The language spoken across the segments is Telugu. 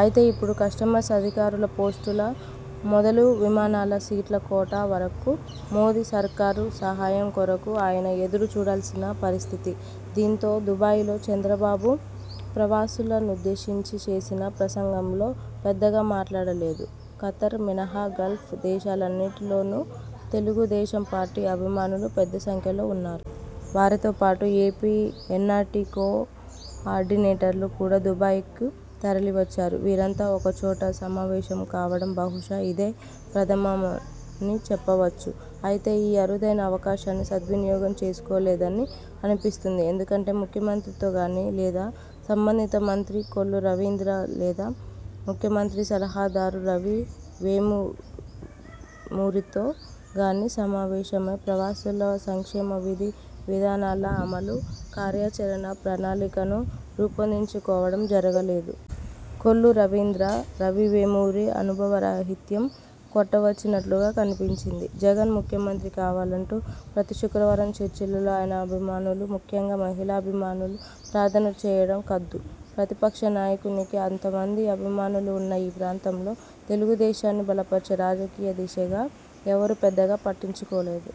అయితే ఇప్పుడు కస్టమస్ అధికారుల పోస్టుల మొదలు విమానాల సీట్ల కోటా వరకు మోదీ సర్కారు సహాయం కొరకు ఆయన ఎదురు చూడవల్సిన పరిస్థితి. దీంతో దుబాయిలో చంద్రబాబు ప్రవాసుల నుద్దేశించి చేసిన ప్రసంగంలో పెద్దగా మాట్లాడలేదు. ఖతర్ మినహా గల్ఫ్ దేశాలన్నింటిలోనూ తెలుగు దేశం పార్టీ అభిమానులు పెద్ద సంఖ్యలో వున్నారు. వారితో పాటు ఏపీ ఎన్నార్టీ కో ఆర్డినేటర్లు కూడా దుబాయికు తరలి వచ్చారు. వీరంతా ఒకచోట సమావేశం కావడం బహుశా ఇదే ప్రథమని చెప్పవచ్చు. అయితే ఈ అరుదైన అవకాశాన్ని సద్వినియోగం చేసుకోలేదని అనిపిస్తుంది. ఎందుకంటే ముఖ్యమంత్రితో గానీ లేదా సంబంధిత మంత్రి కొల్లు రవీంద్ర లేదా ముఖ్యమంత్రి సలహాదారు రవి వేమూరితో గానీ సమావేశమై ప్రవాసుల సంక్షేమ విధి విధానాల అమలు, కార్యాచరణ ప్రణాళికను రూపొందించుకోవడం జరగలేదు. కొల్లు రవీంద్ర, రవి వేమూరి అనుభవరాహిత్యం కొట్టవచ్చినట్లుగా కనిపించింది. జగన్ ముఖ్యమంత్రి కావాలంటూ ప్రతి శుక్రవారం చర్చిలలో ఆయన అభిమానులు ముఖ్యంగా మహిళాభిమానులు ప్రార్థనలు చేయడం కద్దు. ప్రతిపక్ష నాయకునికి అంతమంది అభిమానులు ఉన్న ఈ ప్రాంతంలో తెలుగుదేశాన్ని బలపర్చే రాజకీయ దిశగా ఎవరు పెద్దగా పట్టించుకోలేదు.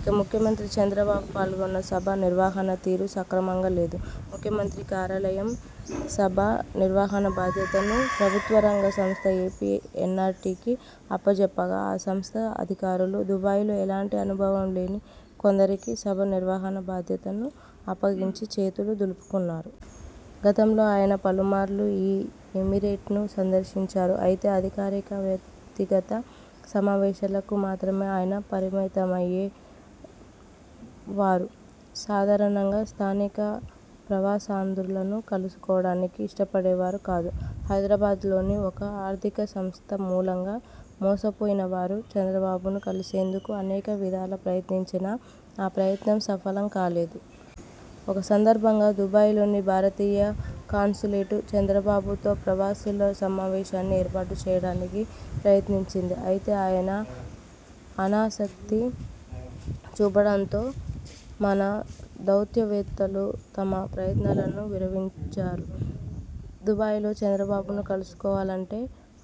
ఇక ముఖ్యమంత్రి చంద్రబాబు పాల్గొన్న సభ నిర్వహణ తీరు సక్రమంగా లేదు. ముఖ్యమంత్రి కార్యాలయం సభా నిర్వహణ బాధ్యతను ప్రభుత్వ రంగ సంస్థ ఏపీ ఎన్నార్టీకి అప్పజెప్పగా ఆ సంస్థ అధికారులు దుబాయిలో ఏలాంటి అనుభవం లేని కొందరికి సభ నిర్వహణ బాధ్యతను అప్పగించి చేతులు దులుపుకున్నారు. గతంలో ఆయన పలుమార్లు ఈ ఎమిరేట్ను సందర్శించారు. అయితే అధికారిక, వ్యక్తిగత సమావేశాలకు మాత్రమే ఆయన పరిమితమమ్యే వారు. సాధారణంగా స్థానిక ప్రవాసాంధ్రులను కలుసుకోవడానికి ఇష్టపడేవారు కాదు. హైదరాబాద్లోని ఒక ఆర్థిక సంస్థ మూలంగా మోసపోయినవారు చంద్రబాబును కలిసేందుకు అనేక విధాల ప్రయత్నించినా ఆ ప్రయత్నం సఫలం కాలేదు. ఒక సందర్భంగా దుబాయిలోని భారతీయ కాన్సులేటు, చంద్రబాబుతో ప్రవాసుల సమావేశాన్ని ఏర్పాటు చేయడానికి ప్రయత్నించింది. అయితే ఆయన ఆనాసక్తి చూపడంతో మన దౌత్యవేత్తలు తమ ప్రయత్నాలను విరమించారు. దుబాయిలో చంద్రబాబును కలుసుకోవాలంటే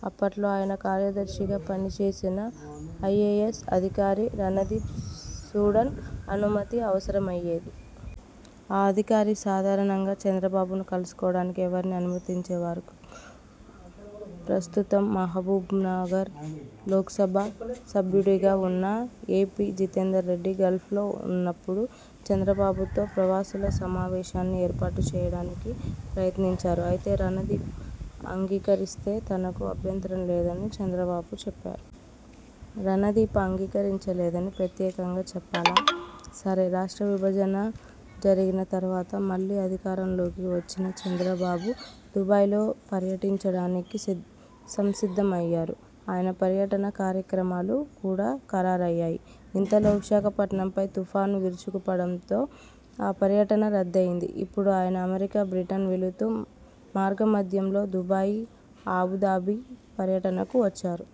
అప్పట్లో ఆయన కార్యదర్శిగా పని చేసిన ఐఏయస్ అధికారి రణదీప్ సూడన్ అనుమతి అవసరమయ్యేది. ఆ అధికారి సాధారణంగా చంద్రబాబును కలుసుకోవడానికి ఎవర్నీ అనుమతించే వారు. ప్రస్తుతం మహబూబ్నగర్ లోక్సభ సభ్యుడిగా ఉన్న ఎ. పి. జితేందర్ రెడ్డి గల్్ఫలో ఉన్నప్పుడు చంద్రబాబుతో ప్రవాసుల సమావేశాన్ని ఏర్పాటు చేయడానికి ప్రయత్నించారు. అయితే రణదీప్ అంగీకరిస్తే తనకు అభ్యంతరం లేదని చంద్రబాబు చెప్పారు. రణదీప్ అంగీకరించలేదని ప్రత్యేకంగా చెప్పాలా? సరే, రాష్ట్ర విభజన జరిగిన తర్వాత మళ్ళీ అధికారంలోకి వచ్చిన చంద్రబాబు దుబాయిలో పర్యటించడానికి సంసిద్ధమయ్యారు. ఆయన పర్యటన కార్యక్రమాలు కూడా ఖరారయ్యాయి. ఇంతలో విశాఖపట్నంపై తుఫాను విరుచుకుపడడంతో ఆ పర్యటన రద్దయింది. ఇప్పుడు ఆయన అమెరికా, బ్రిటన్ వెళుతూ మార్గమధ్యంలో దుబాయి, ఆబుధాబి పర్యటనకు వచ్చారు.